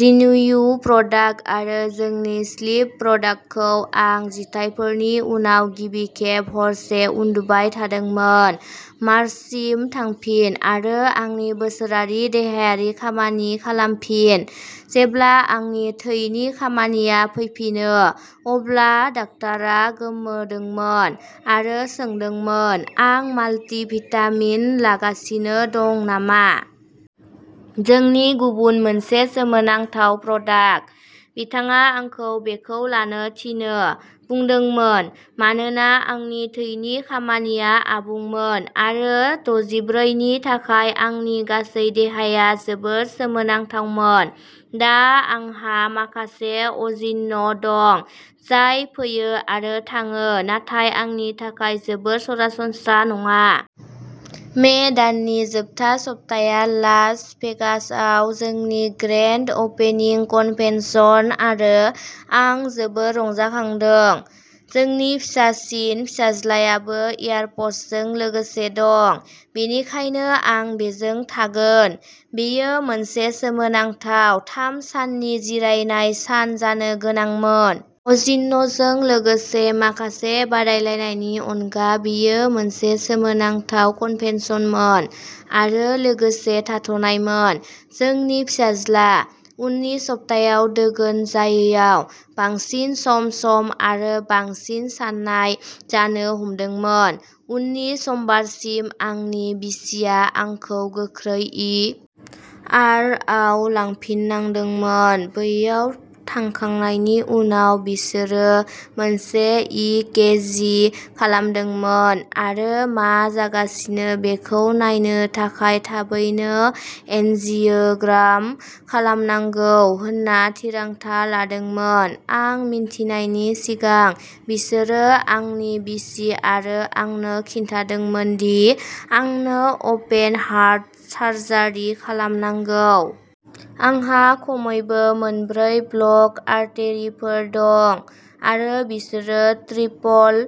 Renew product आरो जोंनि slip प्रडाक्टखौ आं जिथाइफोरनि उनाव गिबि खेब हरसे उन्दुबाय थादोंमोन। मार्चसिम थांफिन आरो आंनि बोसोरारि देहायारि खामानि खालामफिन। जेब्ला आंनि थैनि खामानिया फैफिनो, अब्ला डाक्टारा गोमोदोंमोन आरो सोंदोंमोन आं माल्टि-भिटामिन लागासिनो दं नामा। जोंनि गुबुन मोनसे सोमोनांथाव प्रडाक्ट। बिथाङा आंखौ बेखौ लानो थिनो बुंदोंमोन मानोना आंनि थैनि खामानिया आबुंमोन आरो दजिब्रै नि थाखाय आंनि गासै देहाया जोबोद सोमोनांथावमोन। दा आंहा माखासे अजीर्ण दं जाय फैयो आरो थाङो नाथाय आंनि थाखाय जोबोद सरासनस्रा नङा। मे दाननि जोबथा सप्ताया लास भेगासआव जोंनि ग्रेन्ड ओपनिं कन्भेन्सन, आरो आं जोबोद रंजाखांदों। जोंनि फिसासिन फिसाज्लायाबो एयार फर्सजों लोगोसे दं, बेनिखायनो आं बेजों थागोन। बेयो मोनसे सोमोनांथाव थाम साननि जिरायनाय सान जानो गोनांमोन। अजीर्णजों लोगोसे माखासे बादायलायनायनि अनगा बेयो मोनसे सोमोनांथाव कन्भेन्सनमोन आरो लोगोसे थाथ'नायमोन। जोंनि फिसाज्ला। उननि सप्तायाव दोगोन जायैयाव बांसिन सम सम आरो बांसिन सानाय जानो हमदोंमोन। उननि समबारसिम, आंनि बिसिया आंखौ गोख्रै इ. आर. आव लांफिननांदोंमोन। बैयाव थांखांनायनि उनाव बिसोरो मोनसे इ. के. जि. खालामदोंमोन आरो मा जागासिनो बेखौ नायनो थाखाय थाबैनो एन्जियोग्राम खालामनांगौ होनना थिरांथा लादोंमोन। आं मिन्थिनायनि सिगां, बिसोरो आंनि बिसि आरो आंनो खिन्थादोंमोन दि आंनो अपेन हार्ट सार्जारि खालामनांगौ। आंहा खमैबो मोनब्रै ब्ल'क आर्टेरिफोर दं, आरो बिसोरो ट्रिपल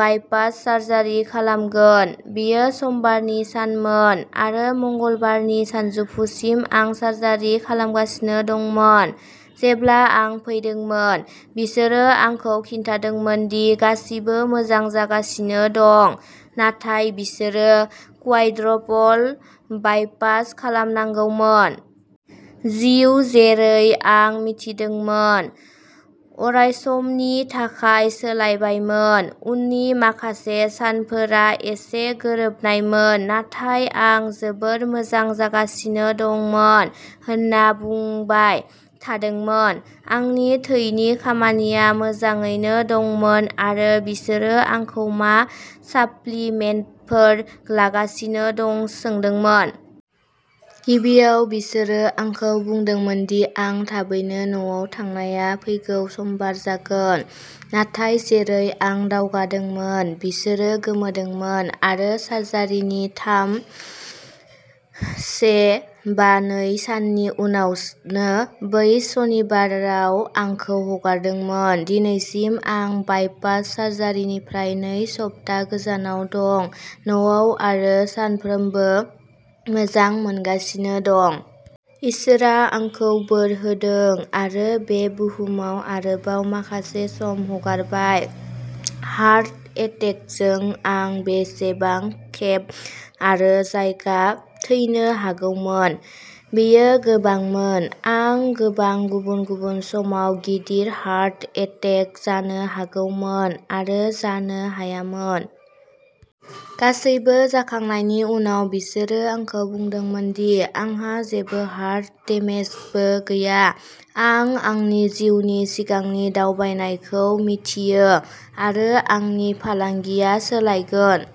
बाइपास सार्जारि खालामगोन। बेयो समबारनि सानमोन, आरो मंगलबारनि सानजौफुसिम आं सार्जारि खालामगासिनो दंमोन। जेब्ला आं फैदोंमोन, बिसोरो आंखौ खिन्थादोंमोन दि गासिबो मोजां जागासिनो दं, नाथाय बिसोरो क्वाड्रपल बाइपास खालामनांगौमोन। जिउ, जेरै आं मिथिदोंमोन, अरायसमनि थाखाय सोलायबायमोन। उननि माखासे सानफोरा एसे गोरोबनायमोन, नाथाय आं जोबोद मोजां जागासिनो दंमोन होनना बुंबाय थादोंमोन। आंनि थैनि खामानिया मोजाङैनो दंमोन, आरो बिसोरो आंखौ मा साप्लिमेन्टफोर लागासिनो दं सोंदोंमोन। गिबियाव, बिसोरो आंखौ बुंदोंमोन दि आं थाबैनो न'आव थांनाया फैगौ समबार जागोन। नाथाय, जेरै आं दावगादोंमोन, बिसोरो गोमोदोंमोन आरो सार्जारिनि थाम से/नै साननि उनावनो बै सनिबाराव आंखौ हगारदोंमोन। दिनैसिम आं बाइपास सार्जारिनिफ्राय नै सप्ता गोजानाव दं, न'आव आरो सानफ्रोमबो मोजां मोनगासिनो दं। इसोरआ आंखौ बोर होदों आरो बे बुहुमाव आरोबाव माखासे सम हगारबाय। हार्ट एटेकजों आं बेसेबां खेब आरो जायगा थैनो हागौमोन बेयो गोबांमोन। आं गोबां गुबुन-गुबुन समाव गिदिर हार्ट एटेक जानो हागौमोन आरो जानो हायामोन। गासैबो जाखांनायनि उनाव, बिसोरो आंखौ बुंदोंमोन दि आंहा जेबो हार्ट डेमेजबो गैया। आं आंनि जिउनि सिगांनि दावबायनायखौ मिथियो, आरो आंनि फालांगिया सोलायगोन।